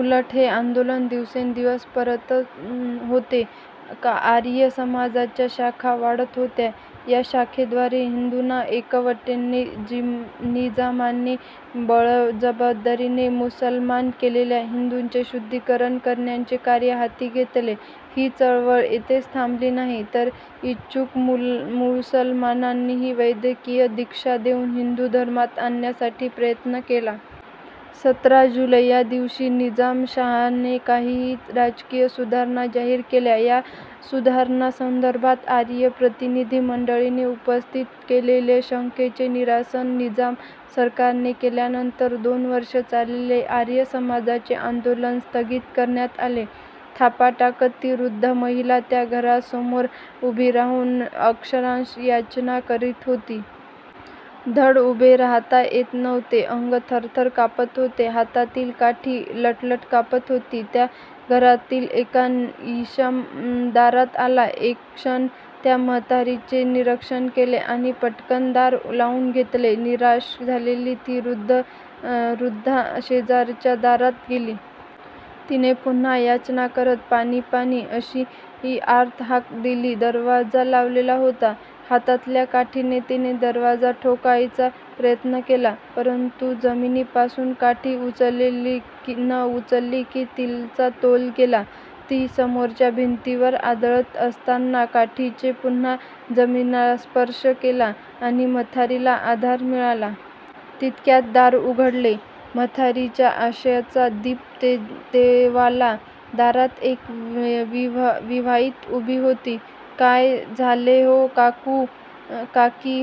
उलट हे आंदोलन दिवसेंदिवस पसरत होते. आर्य समाजाच्या शाखा वाढत होत्या. या शाखांद्वारे हिंदूंना एकवटताना निजामाने बळजबरीने मुसलमान केलेल्या हिंदूंचे शुद्धीकरण करण्याचे कार्य हाती घेतले. ही चळवळ येथेच थांबली नाही, तर इच्छुक मुसलमानांनाही वैदिक दीक्षा देऊन हिंदू धर्मात आणण्यासाठी प्रयत्न केले. सतरा जुलै यादिवशी निजाम शासनाने काही राजकीय सुधारणा जाहीर केल्या. या सुधारणासंदर्भात आर्य प्रतिनिधी मंडळाने उपस्थित केलेल्या शंकांचे निरसन निजाम सरकारने केल्यानंतर दोन वर्षे चाललेले आर्य समाजाचे आंदोलन स्थगित करण्यात आले. धापा टाकत ती वृद्ध महिला त्या घरासमोर उभी राहून अक्षरशः याचना करीत होती. धड उभे राहता येत नव्हते. अंग थरथर कापत होते. हातातील काठी लटलट कापत होती. त्या घरातील एक इसम दारात आला. एक क्षण त्या म्हातारीचे निरीक्षण केले आणि पटकन दार लावून घेतले. निराश झालेली ती वृद्धा शेजारच्या दारात गेली. तिने पुन्हा याचना करीत पाणी पाणी, अशी आर्त हाक दिली. दरवाजा लावलेला होता. हातातल्या काठीने तिने दरवाजा ठोठावण्याचा प्रयत्न केला, परंतु जमिनीपासून काठी उचलली न उचलली की तिचा तोल गेला. ती समोरच्या भिंतीवर आदळत असताना काठीने पुन्हा जमिनीला स्पर्श केला आणि म्हातारीला आधार मिळाला. तितक्यात दार उघडले. म्हातारीच्या आशेचा दीप तेवला. दारात एक विवाहिता उभी होती. काय झाले हो काकू काकी?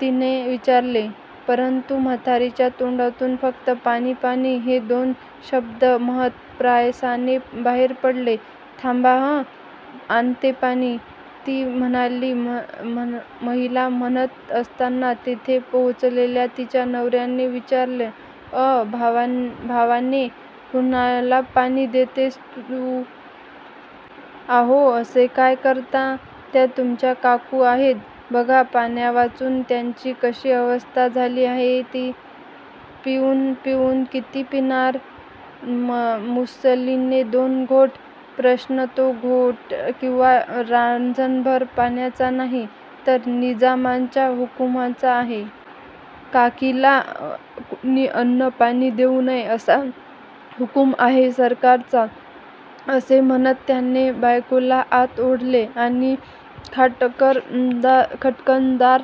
तिने विचारले, परंतु म्हातारीच्या तोंडातून फक्त पाणी पाणी हे दोन शब्द महत्प्रयासाने बाहेर पडले. थांबा हं. आणते पाणी, ती महिला म्हणत असताना तिथे पोहोचलेल्या तिच्या नवऱ्याने विचारले, अ भावा भावाने, कुणाला पाणी देतेस तू? अहो, असे काय करता? त्या तुमच्या काकू आहेत. बघा पाण्यावाचून त्यांची कशी अवस्था झाली आहे ती. पिऊन पिऊन किती पिणार? मुश्किलीने दोन घोट. प्रश्न दोन घोट किंवा रांजणभर पाण्याचा नाही, तर निजामाच्या हुकुमाचा आहे. काकीला कुणी अन्न, पाणी देऊ नये असा हुकूम आहे सरकारचा, असे म्हणत त्याने बायकोला आत ओढले आणि खाडकन दार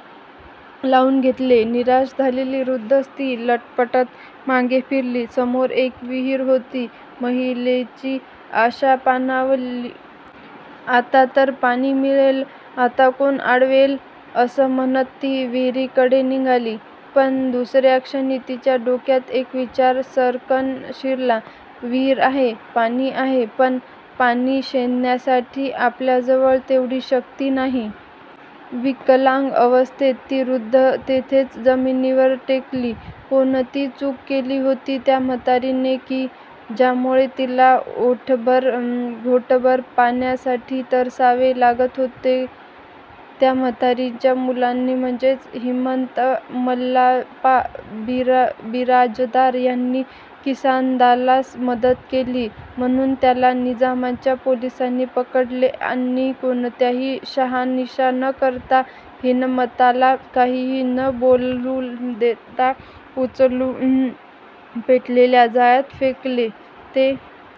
लावून घेतले. निराश झालेली वृद्ध स्त्री लटपटत मागे फिरली. समोर एक विहीर होती. महिलेची आशा पाणवली. आता तर पाणी मिळेल. आता कोण अडवेल? असे म्हणत ती त्या विहिरीकडे निघाली, पण दुसऱ्या क्षणी तिच्या डोक्यात एक विचार सर्रकन शिरला, विहीर आहे. पाणी आहे, पण पाणी शेंदण्यासाठी आपल्याजवळ तेवढी शक्ती नाही. विकलांग अवस्थेत ती वृद्धा तिथेच जमिनीवर टेकली. कोणती चूक केली होती त्या म्हातारीने की, ज्यामुळे तिला घोटभर पाण्यासाठी तरसावे लागत होते? त्या म्हातारीच्या मुलाने म्हणजे हणमंत मल्लप्पा बिराजदार यांनी किसानदलास मदत केली म्हणून त्याला निजामाच्या पोलिसांनी पकडले आणि कोणतीही शहानिशा न करता, हणमंताला काहीही न बोलू देता उचलून पेटलेल्या जाळात फेकले. ते